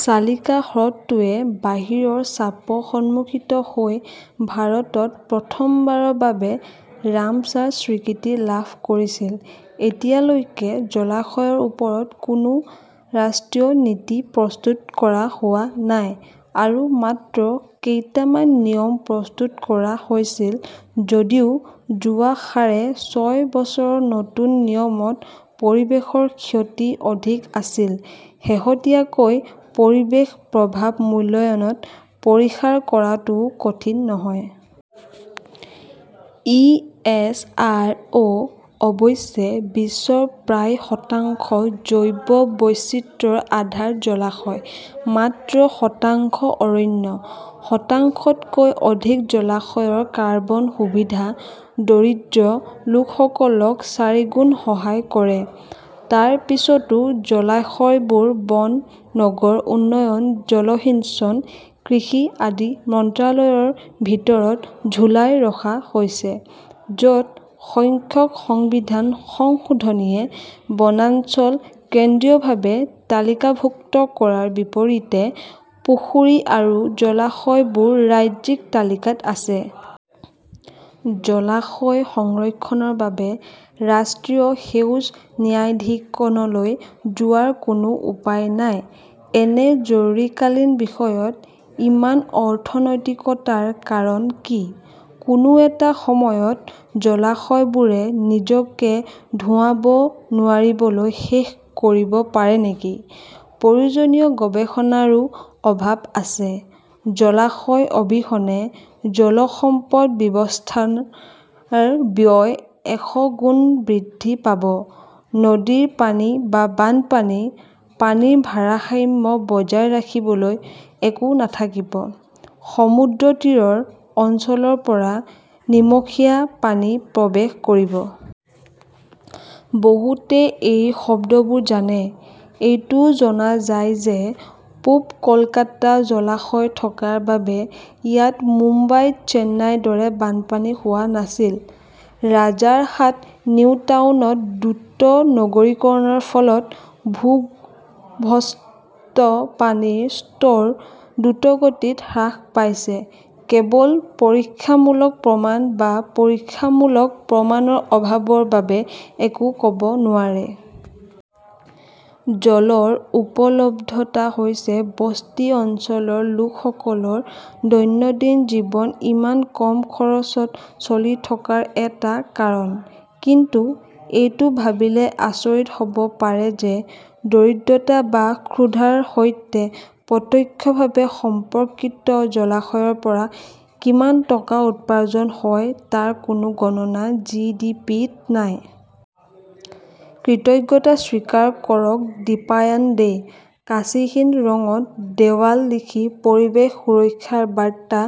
চিলিকা হ্ৰদটোৱে বাহিৰৰ চাপৰ সন্মুখীন হৈ ভাৰতত প্ৰথমবাৰৰ বাবে ৰামছাৰ স্বীকৃতি লাভ কৰিছিল, এতিয়ালৈকে জলাশয়ৰ ওপৰত কোনো ৰাষ্ট্ৰীয় নীতি প্ৰস্তুত কৰা হোৱা নাই। আৰু মাত্ৰ কেইটামান নিয়ম প্ৰস্তুত কৰা হৈছিল, যদিও যোৱা সাঢ়ে ছয় বছৰৰ নতুন নিয়মত পৰিৱেশৰ ক্ষতি অধিক আছিল, শেহতীয়াকৈ পৰিৱেশ প্ৰভাৱ মূল্যায়ন পৰিহাৰ কৰাটোও কঠিন নহয়। ই. এছ. আৰ. অ. অৱশ্যে, বিশ্বৰ প্ৰায় শতাংশ জৈৱ বৈচিত্ৰ্যৰ আধাৰ জলাশয়, মাত্ৰ শতাংশ অৰণ্য, শতাংশকৈ অধিক জলাশয়ৰ কাৰ্বন সুবিধা, দৰিদ্ৰ লোকসকলক চাৰিগুণ সহায় কৰে। তাৰ পিছতো জলাশয়বোৰ বন, নগৰ উন্নয়ন, জলসিঞ্চন, কৃষি আদি মন্ত্ৰালয়ৰ ভিতৰত ঝুলাই ৰখা হৈছে, য 'ত সংখ্যক সংবিধান সংশোধনীয়ে বনাঞ্চল কেন্দ্ৰীয়ভাৱে তালিকাভুক্ত কৰাৰ বিপৰীতে পুখুৰী আৰু জলাশয়বোৰ ৰাজ্যিক তালিকাত আছে। জলাশয় সংৰক্ষণৰ বাবে ৰাষ্ট্ৰীয় সেউজ ন্যায়াধিকৰণলৈ যোৱাৰ কোনো উপায় নাই। এনে জৰুৰীকালীন বিষয়ত ইমান অনৈতিকতাৰ কাৰণ কি? কোনো এটা সময়ত জলাশয়বোৰে নিজকে ধোঁৱাব নোৱাৰিবলৈ শেষ কৰিব পাৰে নেকি? প্ৰয়োজনীয় গৱেষণাৰো অভাৱ আছে। জলাশয় অবিহনে জল সম্পদ ব্যৱস্থাপনাৰ ব্যয় এশগুণ বৃদ্ধি পাব, নদীৰ পানী বা বানপানীৰ পানীৰ ভাৰসাম্য বজাই ৰাখিবলৈ একো নাথাকিব, সমুদ্ৰতীৰৰ অঞ্চলৰ পৰা নিমখীয়া পানী প্ৰৱেশ কৰিব। বহুতে এই শব্দবোৰ জানে। এইটোও জনা যায় যে পূব কলকাতা জলাশয় থকাৰ বাবে ইয়াত মুম্বাই-চেন্নাইৰ দৰে বানপানী হোৱা নাছিল, ৰাজাৰহাট-নিউটাউনত দ্ৰুত নগৰীকৰণৰ ফলত ভূগৰ্ভস্থ পানীৰ স্তৰ দ্ৰুতগতিত হ্ৰাস পাইছে, কেৱল 'পৰীক্ষামূলক প্ৰমাণ বা পৰীক্ষামূলক প্ৰমাণৰ অভাৱৰ বাবে একো ক'ব নোৱাৰে। জলৰ উপলব্ধতা হৈছে বস্তি অঞ্চলৰ লোকসকলৰ দৈনন্দিন জীৱন ইমান কম খৰচত চলি থকাৰ এটা কাৰণ। কিন্তু এইটো ভাবিলে আচৰিত হ'ব পাৰে যে দৰিদ্ৰতা বা ক্ষুধাৰ সৈতে প্ৰত্যক্ষভাৱে সম্পৰ্কিত জলাশয়ৰ পৰা কিমান টকা উপাৰ্জন হয় তাৰ কোনো গণনা জিডিপি-ত নাই। কৃতজ্ঞতা স্বীকাৰ কৰক দীপায়ান দে। কাঁচিহীন ৰঙত দেৱাল লিখি পৰিৱেশ সুৰক্ষাৰ বাৰ্তা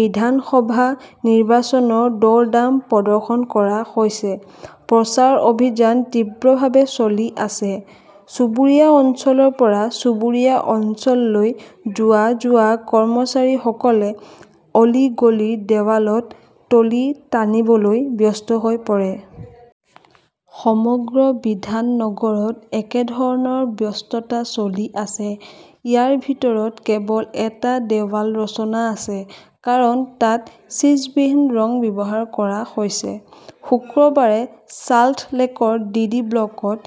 বিধানসভা নিৰ্বাচনৰ দৰদাম প্ৰদৰ্শন কৰা হৈছে। প্ৰচাৰ অভিযান তীব্ৰভাৱে চলি আছে। চুবুৰীয়া অঞ্চলৰ পৰা চুবুৰীয়া অঞ্চললৈ যোৱা-যোৱা কৰ্মচাৰীসকলে অলি-গলিৰ দেৱালত টলি টানিবলৈ ব্যস্ত হৈ পৰে। সমগ্ৰ বিধান নগৰত একেধৰণৰ ব্যস্ততা চলি আছে। ইয়াৰ ভিতৰত কেৱল এটা দেৱাল ৰচনা আছে। কাৰণ, তাত ছিছবিহীন ৰং ব্যৱহাৰ কৰা হৈছে। শুক্ৰবাৰে চাল্টলেকৰ ডিডি ব্লকত,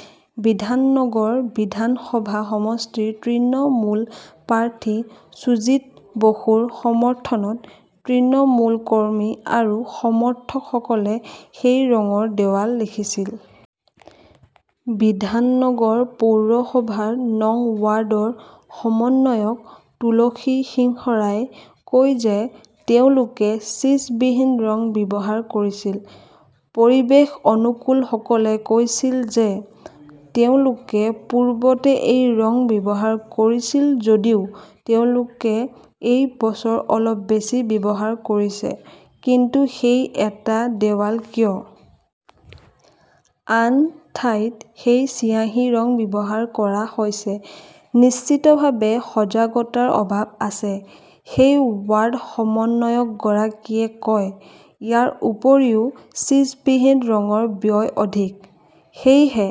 বিধাননগৰ বিধানসভা সমষ্টিৰ তৃণমূল প্ৰাৰ্থী সুজিত বসুৰ সমৰ্থনত তৃণমূল কৰ্মী আৰু সমৰ্থকসকলে সেই ৰঙৰ দেৱাল লিখিছিল। বিধাননগৰ পৌৰসভাৰ নং ৱাৰ্ডৰ সমন্বয়ক তুলসী সিংহৰাই কয় যে তেওঁলোকে ছিছবিহীন ৰং ব্যৱহাৰ কৰিছিল। পৰিৱেশ অনুকূলসকলে কৈছিল যে তেওঁলোকে পূৰ্বতে এই ৰং ব্যৱহাৰ কৰিছিল যদিও তেওঁলোকে এই বছৰ অলপ বেছি ব্যৱহাৰ কৰিছে। কিন্তু সেই এটা দেৱাল কিয়? আন ঠাইত সেই চিয়াঁহী ৰং ব্যৱহাৰ কৰা হৈছে। নিশ্চিতভাৱে সজাগতাৰ অভাৱ আছে, সেই ৱাৰ্ড সমন্বয়কগৰাকীয়ে কয়। ইয়াৰ উপৰিও, ছিছবিহীন ৰঙৰ ব্যয় অধিক। সেয়েহে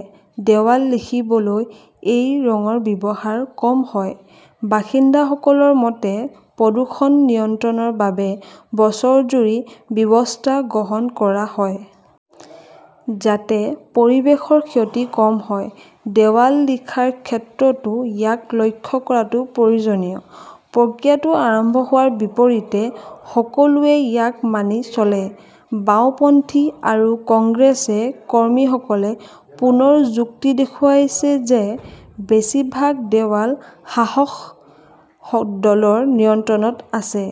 দেৱাল লিখিবলৈ এই ৰঙৰ ব্যৱহাৰ কম হয়। বাসিন্দাসকলৰ মতে, প্ৰদূষণ নিয়ন্ত্ৰণৰ বাবে বছৰজুৰি ব্যৱস্থা গ্ৰহণ কৰা হয়। যাতে পৰিৱেশৰ ক্ষতি কম হয়, দেৱাল লিখাৰ ক্ষেত্ৰতো ইয়াক লক্ষ্য কৰাটো প্ৰয়োজনীয়। প্ৰক্ৰিয়াটো আৰম্ভ হোৱাৰ বিপৰীতে সকলোৱে ইয়াক মানি চলে। বাওঁপন্থী আৰু কংগ্ৰেছ কৰ্মীসকলে পুনৰ যুক্তি দেখুৱাইছে যে বেছিভাগ দেৱাল শাসক দলৰ নিয়ন্ত্ৰণত আছে।